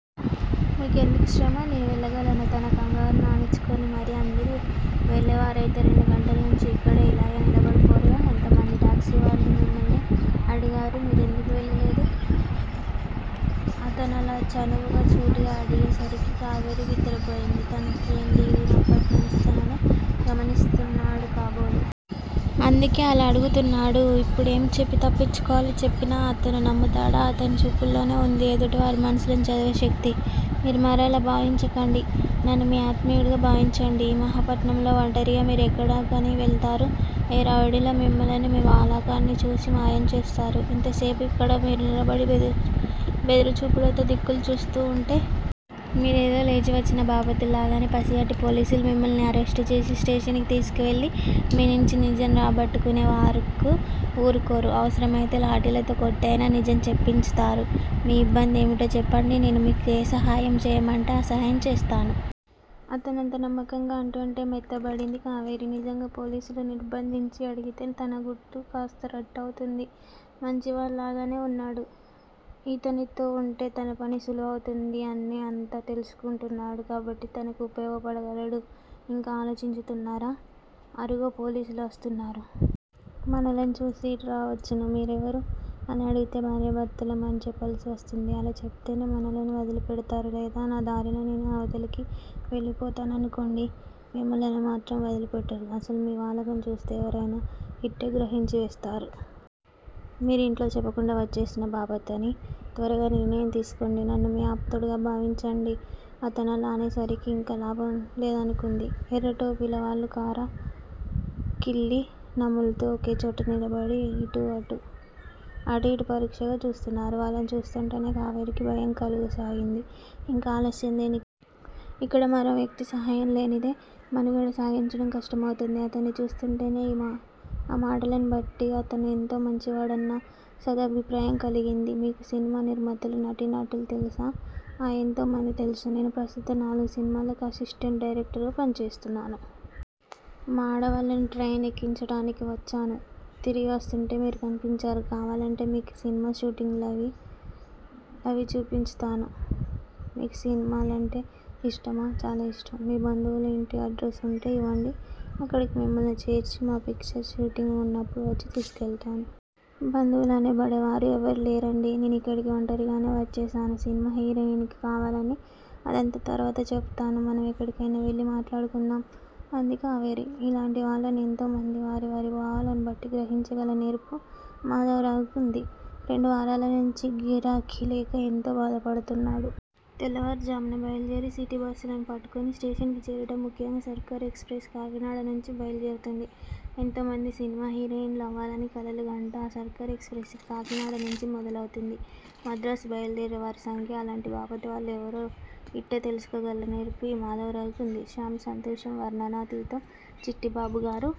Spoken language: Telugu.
మీకెందుకు శ్రమ! నేను వెళ్ళగలను! తన కంగారుని అణుచుకుని మరీ అంది. వెళ్ళేవారయితే రెండు గంటల నుంచీ యిక్కడే ఇలాగే నిలబడిపోరుగా? ఎంతమంది టాక్సీవాలాలు మిమ్ములను అడిగారు? మీరెందుకు వెళ్ళలేదూ? అతనలా చనువుగా సూటిగా అడిగే సరికి కావేరి బిత్తరపోయింది. తను ట్రైన్ దిగినప్పటినుంచీ తనను గమనించుతున్నాడు కాబోలు! అందుకే అలా అడుగుతున్నాడు? ఇప్పుడేమి చెప్పి తప్పించుకోవాలి? చెప్పినా అతను నమ్ముతాడా? అతని చూపుల్లోనే వుంది ఎదుటి వారి మనసులను చదివే శక్తి! మీరు మరోలా భావించకండి! నన్ను మీ ఆత్మీయుడుగా భావించండి! ఈ మహాపట్నంలో వంటరిగా మీరు ఎక్కడకని వెళతారు? ఏ రౌడీలో మిమ్ములను, మీ వాలకాన్ని చూసి మాయం చేస్తారు ఇంతసేపు యిక్కడ మీరు నిలబడి బెదురుచూపులుతో దిక్కులు చూస్తూ ఉంటే? మీరేదో లేచివచ్చిన బాపతులాగానే పసిగట్టి పోలీసులు మిమ్ములను అరెస్టు చేసి స్టేషన్ కి తీసుకువెళ్ళి మీ నుంచి నిజం రాబట్టు కునే వరకూ ఊరుకోరు! అవసరం అయితే లాఠీలతో కొట్టి అయినా నిజం చెప్పించుతారు మీ యిబ్బంది ఏమిటో చెప్పండి! నేను మీకు ఏ సహాయము చేయమంటే ఆ సహాయం చేస్తాను! అతనంత నమ్మకంగా అంటుంటే మెత్తబడింది కావేరి! నిజంగా పోలీసులు నిర్బంధించి అడిగితే తన గుట్టు కాస్తా రట్టు అవుతుంది. మంచివాడులాగానే వున్నాడు. యితనితో వుంటే తన పని సులువు అవుతుంది. అన్నీ, అంతా తెలుసుకుంటున్నాడు కాబట్టి తనకి ఉపయోగపడగలడు. యింకా ఆలోచించుతున్నారా? అరుగో పోలీసులు వస్తున్నారు. మనలను చూసి యిటు రావచ్చును మీరెవరూ? అని అడిగితే భార్యాభర్తలం అని చెప్పాల్సి వస్తుంది. అలా చెపితేనే మనలను వదిలి పెడతారు. లేదా నా దారిన నేను అవతలికి వెళ్ళిపోతాననుకోండి! మిమ్ములను మాత్రం వదిలిపెట్టరు. అసలు మీ వాలకం చూస్తే ఎవరయినా యిట్టే గ్రహించి వేస్తారు. మీరు ఇంట్లో చెప్పకుండా వచ్చేసిన బాపతనీ! త్వరగా నిర్ణయం తీసుకోండి! నన్ను మీ ఆప్తుడుగా భావించండి! అతనలా అనేసరికి ఇంకా లాభం లేదనుకుంది. ఎర్ర టోపీల వాళ్ళు కారా కిళ్ళీ నములుతూ ఒకేచోట నిలబడి అటుఇటు పరీక్షగా చూస్తున్నారు. వాళ్ళని చూస్తుంటేనే కావేరీకి భయం కలుగసాగింది ఇంకా ఆలస్యం దే? ఇక్కడ మరో వ్యక్తి సహాయం లేనిదే మనుగడ సాగించటం కష్టం అవుతుంది. అతన్ని చూస్తుంటేను, ఈ ఆ మాటలను బట్టి అతను ఎంతో మంచివాడన్న సదభిప్రాయం కలిగింది. మీకు సినిమా నిర్మాతలు, నటీ నటులూ తెలుసా? ఆ ఎంతో మంది తెలుసు! నేను ప్రస్తుతం నాలుగుసినిమాలకి అసిస్టెంటు డైరెక్టరుగా పనిచేస్తున్నాను. మా ఆడవాళ్ళని ట్రైన్ ఎక్కించటానికి వచ్చాను. తిరిగి వస్తుంటే మీరు కనిపించారు. కావాలంటే మీకు సినీమా షూటింగ్ లవీ చూపించుతాను. మీకు సినిమాలంటే ఇష్టమా? చాలా ఇష్టం! మీ బంధువుల ఇంటి అడ్రసు వుంటే ఇవ్వండి. అక్కడకు మిమ్ములను చేర్చి మా పిక్చర్ షూటింగ్ వున్నప్పుడు వచ్చి తీసుకెళ్తాను. బంధువులనబడేవారు ఎవరూ లేరండీ? నేను ఇక్కడికి వంటరిగానే వచ్చేశాను. సినిమా హీరోయిన్ ని కావాలని! అదంతా తరువాత చెప్పుతాను మనం ఎక్కడికయినా వెళ్ళి మాట్లాడుకుందాం అంది కావేరి. ఇలాంటి వాళ్ళను ఎంతో మంది వారి వారి భావాలను బట్టి గ్రహించగల నేర్పు మాధవరావుకి వుంది. రెండు వారాలనుంచి గిరాకీలేక ఎంతో బాధపడుతున్నాడు. తెల్లవారు ఝామున బయలుదేరి సిటీ బస్సులను పట్టుకుని స్టేషన్ కి చేరటం, ముఖ్యంగా సర్కార్ ఎక్స్ ప్రెస్ కాకినాడ నుంచి బయలు దేరుతుంది. ఎంతోమంది సినిమా హీరోయిన్ లు అవ్వాలని కలలుగంటూ ఆ సర్కార్ ఎక్స్ ప్రెస్ కి కాకినాడనుంచి మొదలవుతుంది మద్రాసు బయలుదేరే వారి సంఖ్య అలాంటి బాపతు వాళ్ళు ఎవరో ఇట్టే తెలుసుకోగల నేర్పు ఈ మాధవరావుకి వుంది. శ్యామ్ సంతోషం వర్ణనాతీతం. చిట్టిబాబుగారూ!